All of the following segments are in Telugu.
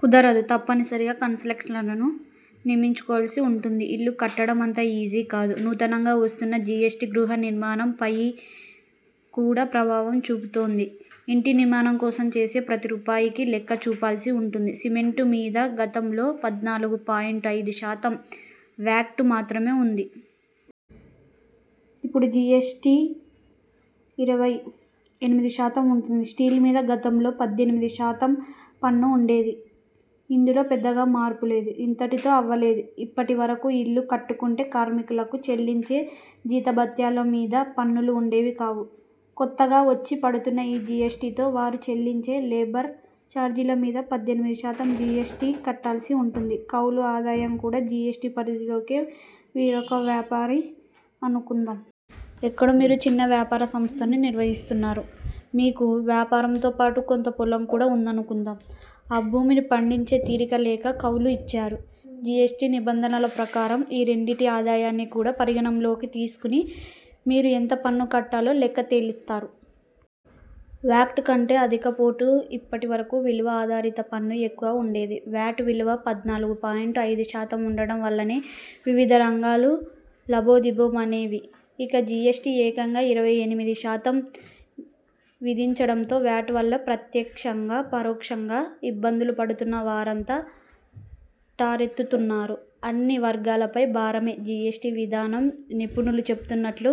కుదరదు, తప్పనిసరిగా కన్సల్టెంట్లను నియమించుకోవాల్సి ఉంటుంది. ఇల్లు కట్టడం అంత ఈజీ కాదు నూతనంగా వస్తున్న జీఎస్టీ గృహ నిర్మాణం పయి కూడా ప్రభావం చూపబోతోంది. ఇంటి నిర్మాణం కోసం చేసే ప్రతి రూపాయికి లెక్క చూపాల్సి ఉంటుంది. సిమెంట్ మీద గతంలో పద్నాలుగు పాయింట్ ఐదు శాతం వ్యాట్ మాత్రమే ఉంది. ఇపుడు జీఎస్టీ ఇరవై ఎనిమిది శాతం ఉంటుంది. స్టీల్ మీద గతంలో పద్దెనిమిది శాతం పన్ను ఉండేది. ఇందులో పెద్దగా మార్పు లేదు. ఇంతటితో అవలేదు. ఇప్పటి వరకు ఇల్లు కట్టుకుంటే కార్మికులకు చెల్లించే జీతభత్యాల మీద పన్నులు ఉండేవి కావు. కొత్తగా వచ్చి పడుతున్న ఈ జీఎస్టీతో వారికి చెల్లించే లేబర్ చార్జీల మీద పద్దెనిమిది శాతం జీఎస్టీ కట్టాల్సి ఉంటుంది కౌలు ఆదాయం కూడా జీఎస్టీ పరిధిలోకే మీరొక వ్యాపారి అనుకుందాం. ఎక్కడో మీరు చిన్న వ్యాపార సంస్థను నిర్వహిస్తున్నారు. మీకు వ్యాపారంతో పాటు కొంత పొలం కూడా ఉందనుకుందాం. ఆ భూమిని పండించే తీరిక లేక కౌలుకు ఇచ్చారు. జీఎస్టీ నిబంధనల ప్రకారం ఈ రెండింటి ఆదాయాన్ని కూడా పరిగణనలోకి తీసుకుని మీరు ఎంత పన్ను కట్టాలో లెక్క తేల్చుతారు. వ్యాట్ కంటే అధికపోటు ఇప్పటి వరకు విలువ ఆధారిత పన్ను ఎక్కువగా ఉండేది. వ్యాట్ విలువ పద్నాలుగు పాయింట్ ఐదు శాతం ఉండటం వల్లనే వివిధ రంగాలు లబోదిబో మనేవి ఇక జీఎస్టీ ఏకంగా ఇరవై ఎనిమిది శాతం విధించటంతో వ్యాట్ వల్ల ప్రత్యక్షంగా, పరోక్షంగా ఇబ్బందులు పడుతున్న వారంతా ఠారెత్తుతున్నారు అన్ని వర్గాలపైనా భారమే జీఎస్టీ విధానం నిపుణులు చెబుతున్నట్టు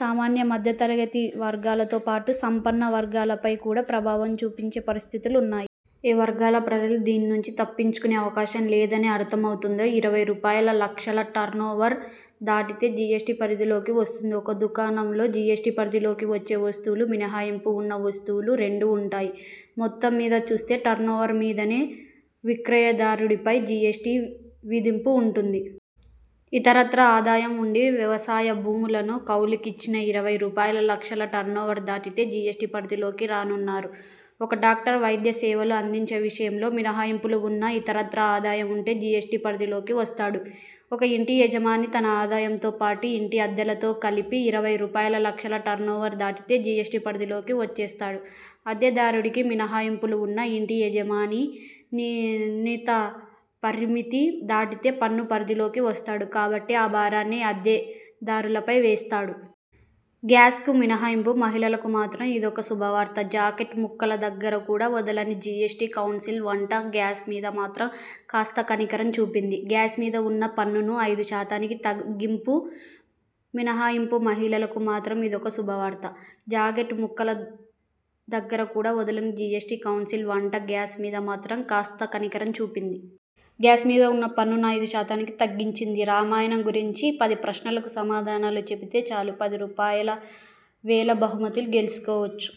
సామాన్య, మధ్య తరగతి వర్గాలతో పాటు సంపన్న వర్గాలపై కూడా ప్రభావం చూపించే పరిస్థితులు ఉన్నాయి. ఏ వర్గాల ప్రజలూ దీని నుంచి తప్పించుకునే అవకాశం లేదని అర్థమవుతోంది. ఇరవై రూపాయల లక్షల టర్నోవర్ దాటితే జీఎస్టీ పరిధిలోకి వస్తుంది ఒక దుకాణంలో జీఎస్టీ పరిధిలోకి వచ్చే వస్తువులూ, మినహాయింపు ఉన్న వస్తువులు రెండూ ఉంటాయి. మొత్తం మీదా చూస్తే టర్నోవర్ మీదనే విక్రయదారుడిపై జీఎస్టీ విధింపు ఉంటుంది. ఇతరత్రా ఆదాయం ఉండి వ్యవసాయ భూములను కౌలుకిచ్చినా ఇరవై రూపాయలులక్షల టర్నోవర్ దాటితే జీఎస్టీ పరిధిలోకి రానున్నారు ఒక డాక్టర్ వైద్య సేవలు అందించే విషయంలో మినహాయింపులు ఉన్నా ఇతరత్రా ఆదాయం ఉంటే జీఎస్టీ పరిధిలోకి వస్తాడు. ఒక ఇంటి యజమాని తన ఆదాయంతో పాటు ఇంటి అద్దెలతో కలిపి ఇరవై రూపాయల లక్షల టర్నోవర్ దాటితే జీఎస్టీ పరిధిలోకి వచ్చేస్తాడు అద్దె దారుడికి మినహాయింపులు ఉన్నా ఇంటి యజమాని నిరత పరిమితి దాటితే పన్ను పరిధిలోకి వస్తాడు కాబట్టి ఆ భారాన్ని అద్దె దారులపైనే వేస్తాడు. గ్యాస్కు మినహాయింపు మహిళలకు మాత్రం ఇదొక శుభవార్త. జాకెట్ ముక్కల దగ్గర కూడా వదలని జీఎస్టీ కౌన్సిల్ వంట గ్యాస్ మీద మాత్రం కాస్త కనికరం చూపింది. గ్యాస్ మీద ఉన్న పన్నును ఐదు శాతానికి తగ్గించింది మినహాయింపు మహిళలకు మాత్రం ఇదొక శుభవార్త. జాకెట్ ముక్కల దగ్గర కూడా వదలని జీఎస్టీ కౌన్సిల్ వంట గ్యాస్ మీద మాత్రం కాస్త కనికరం చూపింది. గ్యాస్ మీద ఉన్న పన్నును ఐదు శాతానికి తగ్గించింది. రామాయణం గురించి పది ప్రశ్నలకు సమాధానాలు చెబితే చాలు పది రూపాయల వేల బహుమతులు గెలుచుకోవచ్చు